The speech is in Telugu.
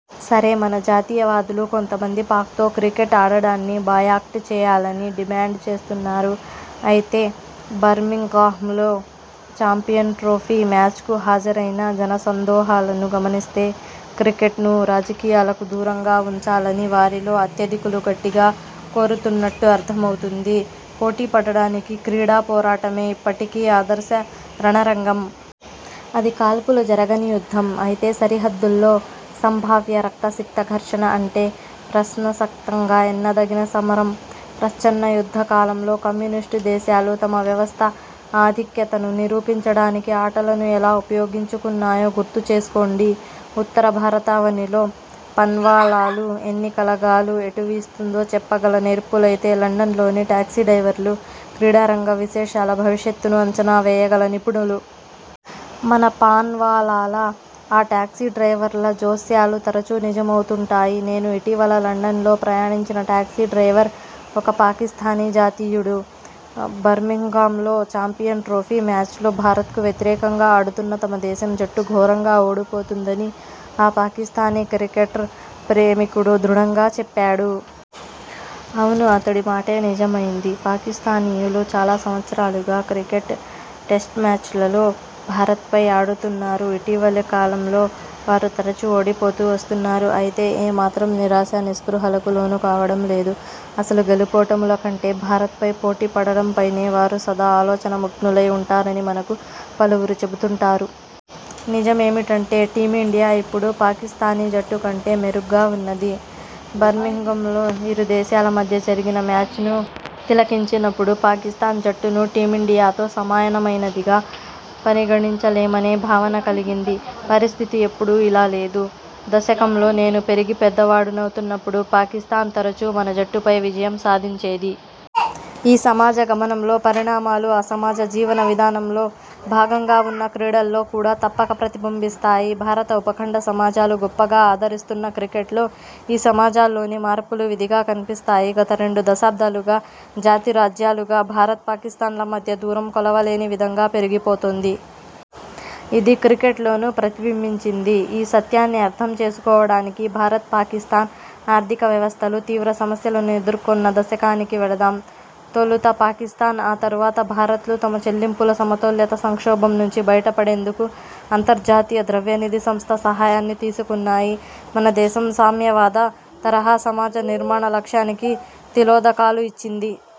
సరే, మన జాతీయవాదులు కొంతమంది పాక్తో క్రికెట్ ఆడడాన్ని బాయ్కాట్ చేయాలని డిమాండ్ చేస్తున్నారు. అయితే బర్మింగ్హామ్లో చాంపియన్ ట్రోఫీ మ్యాచ్కు హాజరైన జనసందోహాలను గమనిస్తే క్రికెట్ను రాజకీయాలకు దూరంగా వుంచాలని వారిలో అత్యధికులు గట్టిగా కోరుతున్నట్టు అర్థమవుతుంది. పోటీపడడానికి క్రీడా పోరాటమే ఇప్పటికీ ఆదర్శ రణరంగం. అది కాల్పులు జరగని యుద్ధం. అయితే సరిహద్దుల్లో సంభావ్య రక్తసిక్త ఘర్షణ కంటే అదే ప్రశస్తంగా ఎన్నదగిన సమరం. ప్రచ్ఛన్న యుద్ధ కాలంలో కమ్యూనిస్టు దేశాలు తమ 'వ్యవస్థ' ఆధిక్యతను నిరూపించడానికి ఆటలను ఎలా ఉపయోగించుకున్నాయో గుర్తుచేసుకోండి. ఉత్తర భారతావనిలోని పాన్వాలాలు ఎన్నికల గాలి ఎటు వీస్తుందో చెప్పగల నేర్పరులైతే, లండన్లోని టాక్సీ డ్రైవర్లు క్రీడారంగ విశేషాల భవిష్యత్తును అంచనా వేయగల నిపుణులు. మన పాన్వాలాల, ఆ టాక్సీ డ్రైవర్ల జోస్యాలు తరచూ నిజమవుతుంటాయి. నేను ఇటీవల లండన్లో ప్రయాణించిన టాక్సీ డ్రైవర్ ఒక పాకిస్థానీ జాతీయుడు. బర్మింగ్హామ్లో చాంపియన్ ట్రోఫీ మ్యాచ్లో భారత్కు వ్యతిరేకంగా ఆడుతున్న తమ దేశం జట్టు ఘోరంగా ఓడిపోతుందని ఆ పాకిస్థానీ క్రికెట్ ప్రేమికుడు దృఢంగా చెప్పాడు. అవును, అతడి మాటే నిజమయింది. పాకిస్థానీయులు చాలా సంవత్సరాలుగా క్రికెట్ టెస్ట్మ్యాచ్లలో భారత్పై ఆడుతున్నారు. ఇటీవలి కాలంలో వారు తరచూ ఓడిపోతూ వస్తున్నారు. అయితే ఏ మాత్రం నిరాశా నిస్పృహలకు లోనుకావడం లేదు. అసలు గెలుపోటముల కంటే భారత్పై పోటీపడడంపైనే వారు సదా ఆలోచనామగ్నులై వుంటారని మనకు పలువురు చెబుతుంటారు. నిజమేమిటంటే టీమిండియా ఇప్పుడు పాకిస్థానీ జట్టు కంటే చాలా మెరుగ్గా వున్నది. బర్మింగ్హామ్లో ఇరు దేశాల మధ్య జరిగిన మ్యాచ్ను తిలకించినప్పుడు పాకిస్థాన్ జట్టును టీమిండియాతో సమానమైనదిగా పరిగణించలేమనే భావన కలిగింది. పరిస్థితి ఎప్పుడూ ఇలా లేదు. దశకంలో నేను పెరిగి పెద్దవాడినవుతున్నప్పుడు పాకిస్థాన్ తరచూ మన జట్టుపై విజయం సాధించేది. ఈ సమాజ గమనంలో పరిణామాలు ఆ సమాజ జీవన విధానంలో భాగంగావున్న క్రీడల్లో కూడా తప్పక ప్రతిబింబిస్తాయి. భారత ఉపఖండ సమాజాలు గొప్పగా ఆదరిస్తున్న క్రికెట్లో ఈ సమాజాల్లోని మార్పులు విధిగా కన్పిస్తాయి. గత రెండు దశాబ్దాలుగా జాతి–రాజ్యాలుగా భారత్, పాకిస్థాన్ల మధ్య దూరం కొలవలేని విధంగా పెరిగిపోతోంది. ఇది క్రికెట్లోనూ ప్రతిబింబించింది. ఈ సత్యాన్ని అర్థం చేసుకోవడానికి భారత్, పాకిస్థాన్ ఆర్థికవ్యవస్థలు తీవ్ర సమస్యలను ఎదుర్కొన్న దశకానికి వెళదాం. తొలుత పాకిస్థాన్, ఆ తరువాత భారత్లు తమ చెల్లింపుల సమతుల్యత సంక్షోభం నుంచి బయటపడేందుకు అంతర్జాతీయ ద్రవ్యనిధి సంస్థ సహాయాన్ని తీసుకున్నాయి. మన దేశం సామ్యవాద తరహా సమాజ నిర్మాణ లక్ష్యానికి తిలోదకాలు ఇచ్చింది.